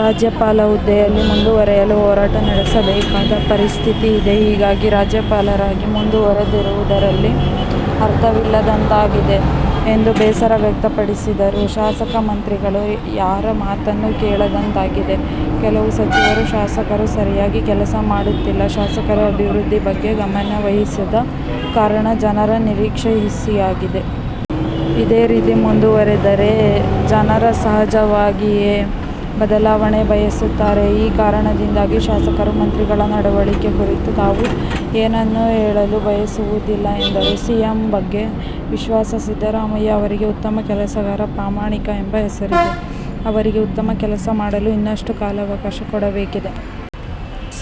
ರಾಜ್ಯಪಾಲ ಹುದ್ದೆಯಲ್ಲಿ ಮುಂದುವರಿಯಲು ಹೋರಾಟ ನಡೆಸಬೇಕಾದ ಪರಿಸ್ಥಿತಿ ಇದೆ. ಹೀಗಾಗಿ ರಾಜ್ಯಪಾಲರಾಗಿ ಮುಂದುವರಿಯುವುದರಲ್ಲಿ ಅರ್ಥವಿಲ್ಲದಂತಾಗಿದೆ ಎಂದು ಬೇಸರ ವ್ಯಕ್ತಪಡಿಸಿದರು. ಶಾಸಕರು, ಮಂತ್ರಿಗಳು ಯಾರ ಮಾತನ್ನೂ ಕೇಳದಂತಾಗಿದ್ದಾರೆ. ಕೆಲವು ಸಚಿವರು, ಶಾಸಕರು ಸರಿಯಾಗಿ ಕೆಲಸ ಮಾಡುತ್ತಿಲ್ಲ. ಶಾಸಕರು ಅಭಿವೃದ್ಧಿ ಬಗ್ಗೆ ಗಮನವಹಿಸದ ಕಾರಣ ಜನರ ನಿರೀಕ್ಷೆ ಹುಸಿಯಾಗಿದೆ. ಇದೇ ರೀತಿ ಮುಂದುವರಿದರೆ ಜನರು ಸಹಜವಾಗಿಯೇ ಬದಲಾವಣೆ ಬಯಸುತ್ತಾರೆ. ಈ ಕಾರಣದಿಂದಾಗಿ ಶಾಸಕರು, ಮಂತ್ರಿಗಳ ನಡವಳಿಕೆ ಕುರಿತು ತಾವು ಏನನ್ನೂ ಹೇಳಲು ಬಯಸುವುದಿಲ್ಲ ಎಂದರು. ಸಿಎಂ ಬಗ್ಗೆ ವಿಶ್ವಾಸ ಸಿದ್ದರಾಮಯ್ಯ ಅವರಿಗೆ ಉತ್ತಮ ಕೆಲಸಗಾರ, ಪ್ರಾಮಾಣಿಕ ಎಂಬ ಹೆಸರಿದೆ. ಅವರಿಗೆ ಉತ್ತಮ ಕೆಲಸ ಮಾಡಲು ಇನ್ನಷ್ಟು ಕಾಲಾವಕಾಶ ಕೊಡಬೇಕಿದೆ.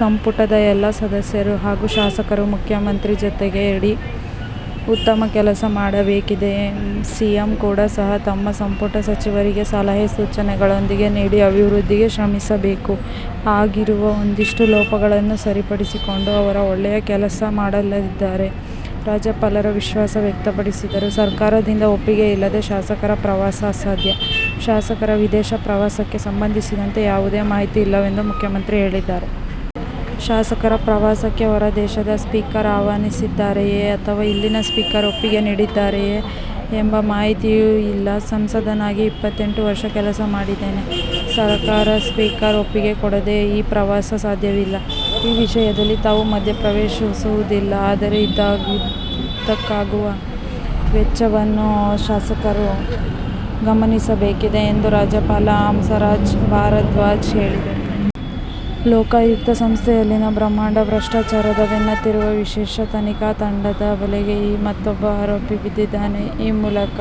ಸಂಪುಟದ ಎಲ್ಲ ಸದಸ್ಯರು ಹಾಗೂ ಶಾಸಕರು ಮುಖ್ಯಮಂತ್ರಿ ಜತೆಗೂಡಿ ಉತ್ತಮ ಕೆಲಸ ಮಾಡಬೇಕಿದೆ. ಸಿಎಂ ಕೂಡ ಸಹ ತಮ್ಮ ಸಂಪುಟ ಸಚಿವರಿಗೆ ಸಲಹೆ, ಸೂಚನೆಗಳನ್ನು ನೀಡಿ ಅಭಿವೃದ್ಧಿಗೆ ಶ್ರಮಿಸಬೇಕು. ಆಗಿರುವ ಒಂದಿಷ್ಟು ಲೋಪಗಳನ್ನು ಸರಿಪಡಿಸಿಕೊಂಡು ಅವರು ಒಳ್ಳೆಯ ಕೆಲಸ ಮಾಡಲಿದ್ದಾರೆಂದು ರಾಜ್ಯಪಾಲರು ವಿಶ್ವಾಸ ವ್ಯಕ್ತಪಡಿಸಿದರು. ''ಸರ್ಕಾರದ ಒಪ್ಪಿಗೆ ಇಲ್ಲದೆ ಶಾಸಕರ ಪ್ರವಾಸ ಅಸಾಧ್ಯ''ಶಾಸಕರ ವಿದೇಶ ಪ್ರವಾಸಕ್ಕೆ ಸಂಬಂಧಿಸಿದಂತೆ ಯಾವುದೇ ಮಾಹಿತಿ ಇಲ್ಲವೆಂದು ಮುಖ್ಯಮಂತ್ರಿ ಹೇಳಿದ್ದಾರೆ. ಶಾಸಕರ ಪ್ರವಾಸಕ್ಕೆ ಹೊರ ದೇಶದ ಸ್ಪೀಕರ್ ಆಹ್ವಾನಿಸಿದ್ದಾರೆಯೇ ಅಥವಾ ಇಲ್ಲಿನ ಸ್ಪೀಕರ್ ಒಪ್ಪಿಗೆ ನೀಡಿದ್ದಾರೆಯೇ ಎಂಬ ಮಾಹಿತಿಯೂ ಇಲ್ಲ. ಸಂಸದನಾಗಿ ಇಪ್ಪತ್ತೆಂಟು ವರ್ಷ ಕೆಲಸ ಮಾಡಿದ್ದೇನೆ. ಸರಕಾರ, ಸ್ಪೀಕರ್ ಒಪ್ಪಿಗೆ ಕೊಡದೇ ಈ ಪ್ರವಾಸ ಸಾಧ್ಯವಿಲ್ಲ. ಈ ವಿಷಯದಲ್ಲಿ ತಾವು ಮಧ್ಯ ಪ್ರವೇಶಿಸುವುದಿಲ್ಲ. ಆದರೆ ಇದಕ್ಕಾಗುವ ವೆಚ್ಚವನ್ನು ಶಾಸಕರು ಗಮನಿಸಬೇಕಿದೆ ಎಂದು ರಾಜ್ಯಪಾಲ ಹಂಸರಾಜ್ ಭಾರದ್ವಾಜ್ ಹೇಳಿದರು. ಲೋಕಾಯುಕ್ತ ಸಂಸ್ಥೆಯಲ್ಲಿನ ಬ್ರಹ್ಮಾಂಡ ಭ್ರಷ್ಟಾಚಾರದ ಬೆನ್ನತ್ತಿರುವ ವಿಶೇಷ ತನಿಖಾ ತಂಡ ದ ಬಲೆಗೆ ಈಗ ಮತೊಬ್ಬ ಆರೋಪಿ ಬಿದ್ದಿದ್ದಾನೆ. ಈ ಮೂಲಕ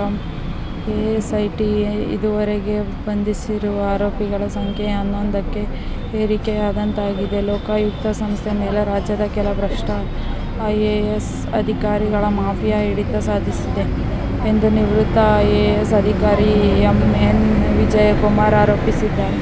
ಎಸ್ಐಟಿ ಇದುವರೆಗೆ ಬಂಧಿಸಿರುವ ಆರೋಪಿಗಳ ಸಂಖ್ಯೆ ಹನ್ನೊಂದಕ್ಕೆ ಏರಿಕೆಯಾದಂತಾಗಿದೆ. ಲೋಕಾಯುಕ್ತ ಸಂಸ್ಥೆಯ ಮೇಲೆ ರಾಜ್ಯದ ಕೆಲ ಭ್ರಷ್ಟ ಐಎಎಸ್ ಅಧಿಕಾರಿಗಳ ಮಾಫಿಯಾ ಹಿಡಿತ ಸಾಧಿಸಿದೆ ಎಂದು ನಿವೃತ್ತ ಐಎಎಸ್ ಅಧಿಕಾರಿ ಎಂ. ಎನ್. ವಿಜಯಕುಮಾರ್ ಆರೋಪಿಸಿದ್ದಾರೆ.